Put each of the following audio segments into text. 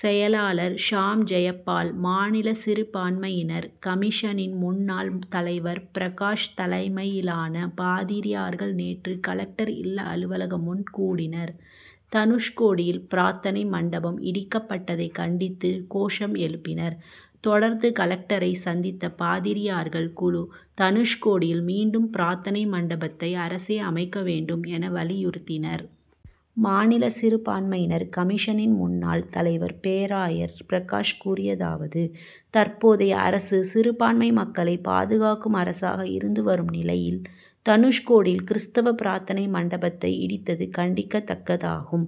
செயலாளர் ஷாம் ஜெயபால், மாநில சிறுபான்மையினர் கமிஷனின் முன்னாள் தலைவர் பிரகாஷ் தலைமையிலான பாதிரியார்கள் நேற்று கலெக்டர் இல்ல அலுவலகம் முன் கூடினர். தனுஷ்கோடியில் பிரார்த் தனை மண்டபம் இடிக்கப் பட்டதை கண்டித்து கோஷம் எழுப்பினர். தொடர்ந்து கலெக்டரை சந்தித்த பாதிரியார்கள் குழு, தனுஷ்கோடியில் மீண்டும் பிரார்த்தனை மண்டபத்தை அரசே அமைக்க வேண்டும், என, வலியுறுத்தினர். மாநில சிறுபான்மையினர் கமிஷனின் முன்னாள் தலைவர் பேராயர் பிரகாஷ் கூறியதாவது: தற்போதைய அரசு சிறுபான்மை மக்களை பாதுகாக்கும் அரசாக இருந்து வரும் நிலையில், தனுஷ் கோடியில் கிறிஸ்தவ பிரார்த்தனை மண்டபத்தை இடித்தது கண்டிக்கதக்கதாகும்.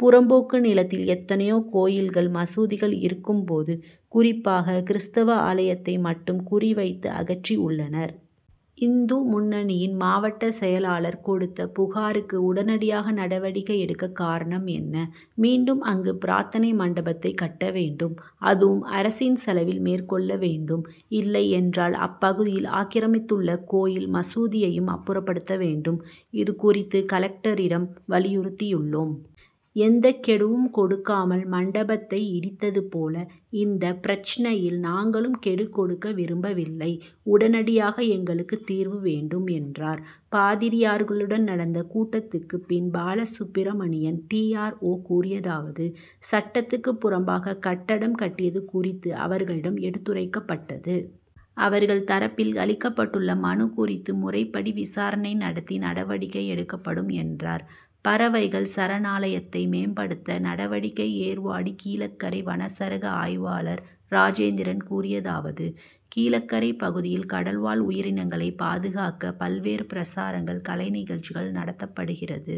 புறம்போக்கு நிலத்தில் எத்தனையோ கோயில்கள், மசூதிகள் இருக்கும் போது, குறிப் பாக கிறிஸ்தவ ஆலயத்தை மட்டும் குறிவைத்து அகற்றி உள்ளனர். இந்து முன்னணியின் மாவட்ட செயலாளர் கொடுத்த புகாருக்கு உடனடியாக நடவடிக்கை எடுக்க காரணம் என்ன? மீண்டும் அங்கு பிரார்த்தனை மண்டபத்தை கட்ட வேண்டும். அதுவும் அரசின் செலவில் மேற்கொள்ள வேண்டும். இல்லையென்றால் அப்பகுதியில் ஆக்கிரமித்துள்ள கோயில், மசூதியையும் அப்புறப்படுத்த வேண்டும். இது குறித்து கலெக்டரிடம் வலியுறுத்தியுள்ளோம். எந்த கெடுவும் கொடுக்காமல் மண்டபத்தை இடித்தது போல, இந்த பிரச்னையில் நாங்களும் கெடு கொடுக்க விரும்பவில்லை. உடனடியாக எங்களுக்கு தீர்வு வேண்டும், என்றார். பாதிரியார்களுடன் நடந்த கூட்டத்துக்கு பின் பாலசுப்பிரமணியன் டி. ஆர். ஓ., கூறியதாவது: சட்டத்துக்கு புறம்பாக கட்டடம் கட்டியது குறித்து அவர்களிடம் எடுத்துரைக் கப்பட்டது. அவர்கள் தரப்பில் அளிக்கப் பட்டுள்ள மனு குறித்து முறைப்படி விசாரணை நடத்தி நடவடிக்கை எடுக்கப்படும், என்றார். பறவைகள் சரணாலயத்தை மேம்படுத்த நடவடிக்கை ஏர்வாடி கீழக்கரை வனச்சரக ஆய்வாளர் ராஜேந்திரன் கூறியதாவது: கீழக்கரை பகுதியில் கடல் வாழ் உயிரினங்களை பாதுகாக்க பல் வேறு பிரசாரங்கள், கலை நிகழ்ச்சிகள் நடத்தப்படுகிறது.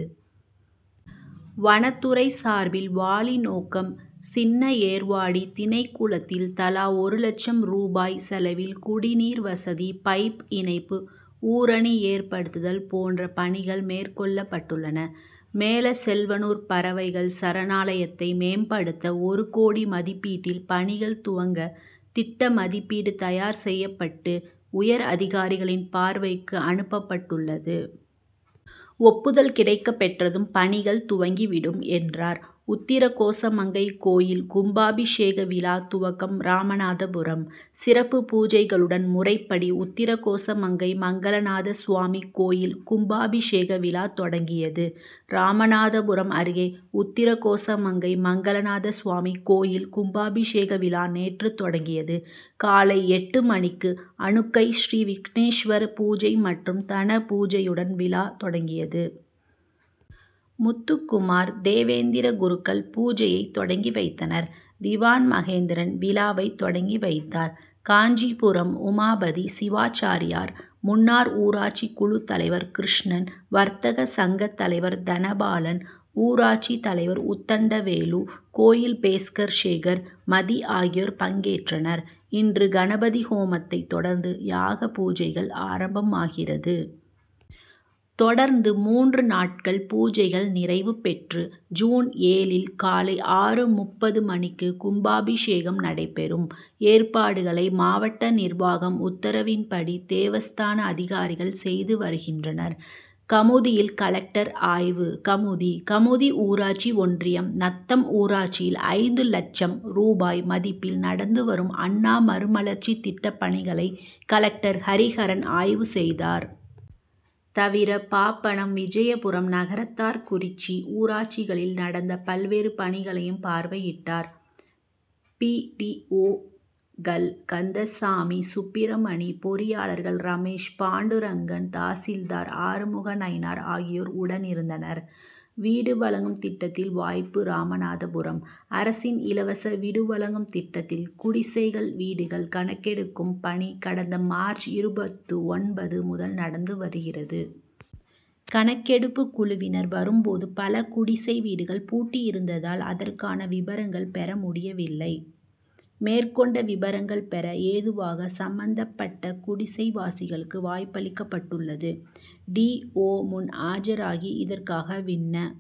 வனத்துறை சார்பில் வாலிநோக்கம், சின்ன ஏர்வாடி, தினைக்குளத்தில் தலா ஒரு லட்சம் ரூபாய் செலவில் குடிநீர்வசதி, பைப் இணைப்பு, ஊரணி ஏற்படுத்துதல் போன்ற பணிகள் மேற் கொள்ளப் பட்டுள்ளன. மேலச் செல் வனூர் பறவைகள் சரணாலயத்தை மேம்படுத்த ஒருகோடி மதிப்பீட்டில் பணிகள் துவங்க திட்ட மதிப்பீடு தயார் செய்யப் பட்டு உயர் அதிகாரிகளின் பார் வைக்கு அனுப் பப்பட் டுள்ளது. ஒப்புதல் கிடைக் கப் பெற்றதும் பணிகள் துவங்கி விடும், என்றார். உத்திரகோசமங்கை கோயில் கும்பாபிஷேக விழா துவக்கம் ராமநாதபுரம்: சிறப்பு பூஜைகளுடன் முறைப்படி உத்திரகோசமங்கை மங்களநாதசுவாமி கோயில் கும்பாபிஷேக விழா தொடங்கியது. ராமநாதபுரம் அருகே உத்திரகோசமங்கை மங்களநாதசுவாமி கோயில் கும்பாபிஷேக விழா நேற்று தொடங்கியது. காலை எட்டு மணிக்கு அனுக்கை ஸ்ரீ விக்னேஷ்வர பூஜை மற்றும் தனபூஜையுடன் விழா தொடங்கியது. முத்துக்குமார், தேவேந்திர குருக்கள் பூஜையை தொடங்கி வைத்தனர். திவான் மகேந்திரன் விழாவை தொடங்கி வைத்தார். காஞ்சிபுரம் உமாபதி சிவாச்சார்யார், முன்னார் ஊராட்சி குழு தலைவர் கிருஷ்ணன், வர்த்தக சங்க தலைவர் தனபாலன், ஊராட்சி தலைவர் உத்தண்டவேலு, கோயில் பேஸ்கர் சேகர், மதி ஆகியோர் பங்கேற்றனர். இன்று கணபதி ஹோமத்தை தொடர்ந்து யாக பூஜைகள் ஆரம்பமாகிறது. தொடர்ந்து மூன்று நாட்கள் பூஜைகள் நிறைவு பெற்று, ஜூன் ஏழில் காலை ஆறு.முப்பது மணிக்கு கும்பாபிஷேகம் நடைபெறும். ஏற்பாடுகளை மாவட்ட நிர்வாகம் உத்தரவின்படி தேவஸ்தான அதிகாரிகள் செய்து வருகின்றனர். கமுதியில் கலெக்டர் ஆய்வு கமுதி: கமுதி ஊராட்சி ஒன்றியம் நத்தம் ஊராட்சியில் ஐந்து லட்சம் ரூபாய் மதிப்பில் நடந்து வரும் அண்ணா மறுமலர்ச்சி திட்ட பணிகளை கலெக்டர் ஹரிஹரன் ஆய்வு செய்தார். தவிர பாப்பனம், விஜயபுரம், நகரத்தார்குறிச்சி ஊராட்சிகளில் நடந்த பல்வேறு பணிகளையும் பார்வையிட்டார். பி. டி. ஓ.,கள் கந்தசாமி, சுப்பிரமணி, பொறி யாளர்கள் ரமேஷ், பாண்டுரங்கன், தாசில்தார் ஆறுமுகநயினார் ஆகியோர் உடனிருந்தனர். வீடு வழங்கும் திட்டத்தில் வாய்ப்பு ராமநாதபுரம்: அரசின் இலவச விடு வழங்கும் திட்டத்தில் குடிசைகள் வீடுகள் கணக்கெடுக்கும் பணி கடந்த மார்ச் இருபத்து ஒன்பது முதல் நடந்து வருகிறது. கணக்கெடுப்பு குழுவினர் வரும் போது பல குடிசை வீடுகள் பூட்டியிருந்ததால் அதற்கான விபரங்கள் பெற முடியவில்லை. மேற்கொண்ட விபரங்கள் பெற ஏதுவாக சம்மந்தப் பட்ட குடிசைவாசிகளுக்கு வாய்ப்பளிக்கப்பட்டுள்ளது. டி. ஓ., முன் ஆஜராகி, இதற்காக விண்ணப்